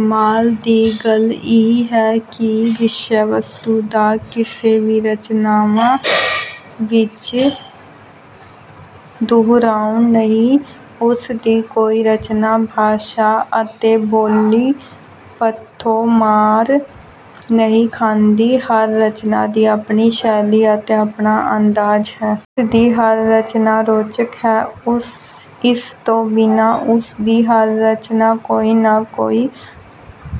ਕਮਾਲ ਦੀ ਗੱਲ ਇਹ ਹੈ ਕਿ ਵਿਸ਼ੇ-ਵਸਤੂ ਦਾ ਕਿਸੇ ਵੀ ਰਚਨਾ ਵਿੱਚ ਦੁਹਰਾਓ ਨਹੀਂ। ਉਸ ਦੀ ਕੋਈ ਰਚਨਾ ਭਾਸ਼ਾ ਅਤੇ ਬੋਲੀ ਪੱਖੋਂ ਮਾਰ ਨਹੀਂ ਖਾਂਦੀ। ਹਰ ਰਚਨਾ ਦੀ ਆਪਣੀ ਸ਼ੈਲੀ ਅਤੇ ਆਪਣਾ ਅੰਦਾਜ਼ ਹੈ। ਉਸ ਦੀ ਹਰ ਰਚਨਾ ਰੌਚਕ ਹੈ, ਇਸ ਤੋਂ ਬਿਨਾਂ ਉਸ ਦੀ ਹਰ ਰਚਨਾ ਕੋਈ ਨਾ ਕੋਈ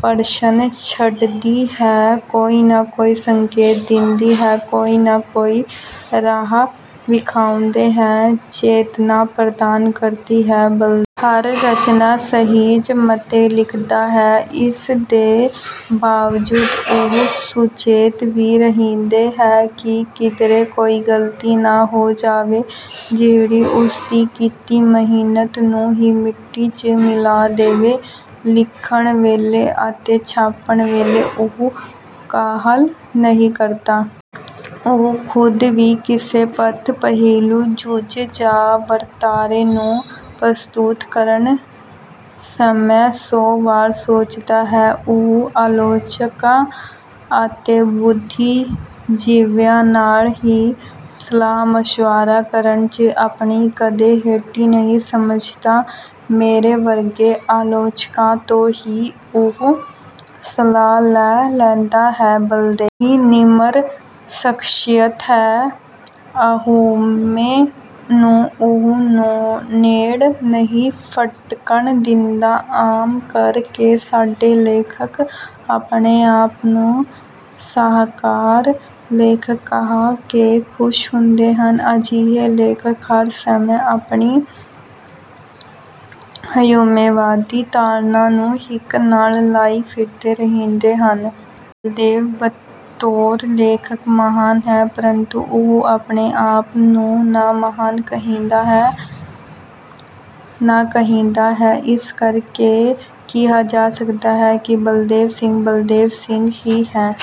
ਪ੍ਰਸ਼ਨ ਛੱਡਦੀ ਹੈ, ਕੋਈ ਨਾ ਕੋਈ ਸੰਕੇਤ ਦਿੰਦੀ ਹੈ, ਕੋਈ ਨਾ ਕੋਈ ਰਾਹ ਵਿਖਾਉਂਦੀ ਹੈ, ਚੇਤਨਾ ਪ੍ਰਦਾਨ ਕਰਦੀ ਹੈ। ਬਲਦੇਵ ਹਰ ਰਚਨਾ ਸਹਿਜ-ਮਤੇ ਲਿਖਦਾ ਹੈ, ਇਸ ਦੇ ਬਾਵਜੂਦ ਉਹ ਸੁਚੇਤ ਵੀ ਰਹਿੰਦਾ ਹੈ ਕਿ ਕਿਧਰੇ ਕੋਈ ਗ਼ਲਤੀ ਨਾ ਹੋ ਜਾਵੇ, ਜਿਹੜੀ ਉਸ ਦੀ ਕੀਤੀ ਮਿਹਨਤ ਨੂੰ ਹੀ ਮਿੱਟੀ 'ਚ ਮਿਲਾ ਦੇਵੇ। ਲਿਖਣ ਵੇਲੇ ਅਤੇ ਛਾਪਣ ਵੇਲੇ ਉਹ ਕਾਹਲ ਨਹੀਂ ਕਰਦਾ। ਉਹ ਖ਼ੁਦ ਵੀ ਕਿਸੇ ਪੱਖ, ਪਹਿਲੂ, ਜੁਜ਼ ਜਾਂ ਵਰਤਾਰੇ ਨੂੰ ਪ੍ਰਸਤੁਤ ਕਰਨ ਸਮੇਂ ਸੌ ਵਾਰ ਸੋਚਦਾ ਹੈ। ਉਹ ਆਲੋਚਕਾਂ ਅਤੇ ਬੁੱਧੀਜੀਵੀਆਂ ਨਾਲ ਵੀ ਸਲਾਹ-ਮਸ਼ਵਰਾ ਕਰਨ 'ਚ ਆਪਣੀ ਕਦੇ ਹੇਠੀ ਨਹੀਂ ਸਮਝਦਾ। ਮੇਰੇ ਵਰਗੇ ਆਲੋਚਕਾਂ ਤੋਂ ਵੀ ਉਹ ਸਲਾਹ ਲੈ ਲੈਂਦਾ ਹੈ। ਬਲਦੇਵ ਇੱਕ ਨਿਮਰ ਸ਼ਖ਼ਸੀਅਤ ਹੈ। ਹਉਮੈ ਨੂੰ ਉਹ ਨੇੜ ਨਹੀਂ ਫ਼ਟਕਣ ਦਿੰਦਾ। ਆਮ ਕਰ ਕੇ ਸਾਡੇ ਲੇਖਕ ਆਪਣੇ ਆਪ ਨੂੰ ਸ਼ਾਹਕਾਰ ਲੇਖਕ ਕਹਾ ਕੇ ਖੁਸ਼ ਹੁੰਦੇ ਹਨ। ਅਜਿਹੇ ਲੇਖਕ ਹਰ ਸਮੇਂ ਆਪਣੀ ਹਉਮੈਵਾਦੀ ਧਾਰਨਾ ਨੂੰ ਹਿੱਕ ਨਾਲ ਲਾਈ ਫਿਰਦੇ ਰਹਿੰਦੇ ਹਨ। ਬਲਦੇਵ ਬਤੌਰ ਲੇਖਕ ਮਹਾਨ ਹੈ, ਪ੍ਰੰਤੂ ਉਹ ਆਪਣੇ ਆਪ ਨੂੰ ਨਾ ਮਹਾਨ ਕਹਾਉਂਦਾ ਹੈ, ਨਾ ਕਹਿੰਦਾ ਹੈ। ਇਸ ਕਰ ਕੇ ਕਿਹਾ ਜਾ ਸਕਦਾ ਹੈ ਕਿ ਬਲਦੇਵ ਸਿੰਘ 'ਬਲਦੇਵ ਸਿੰਘ' ਹੀ ਹੈ।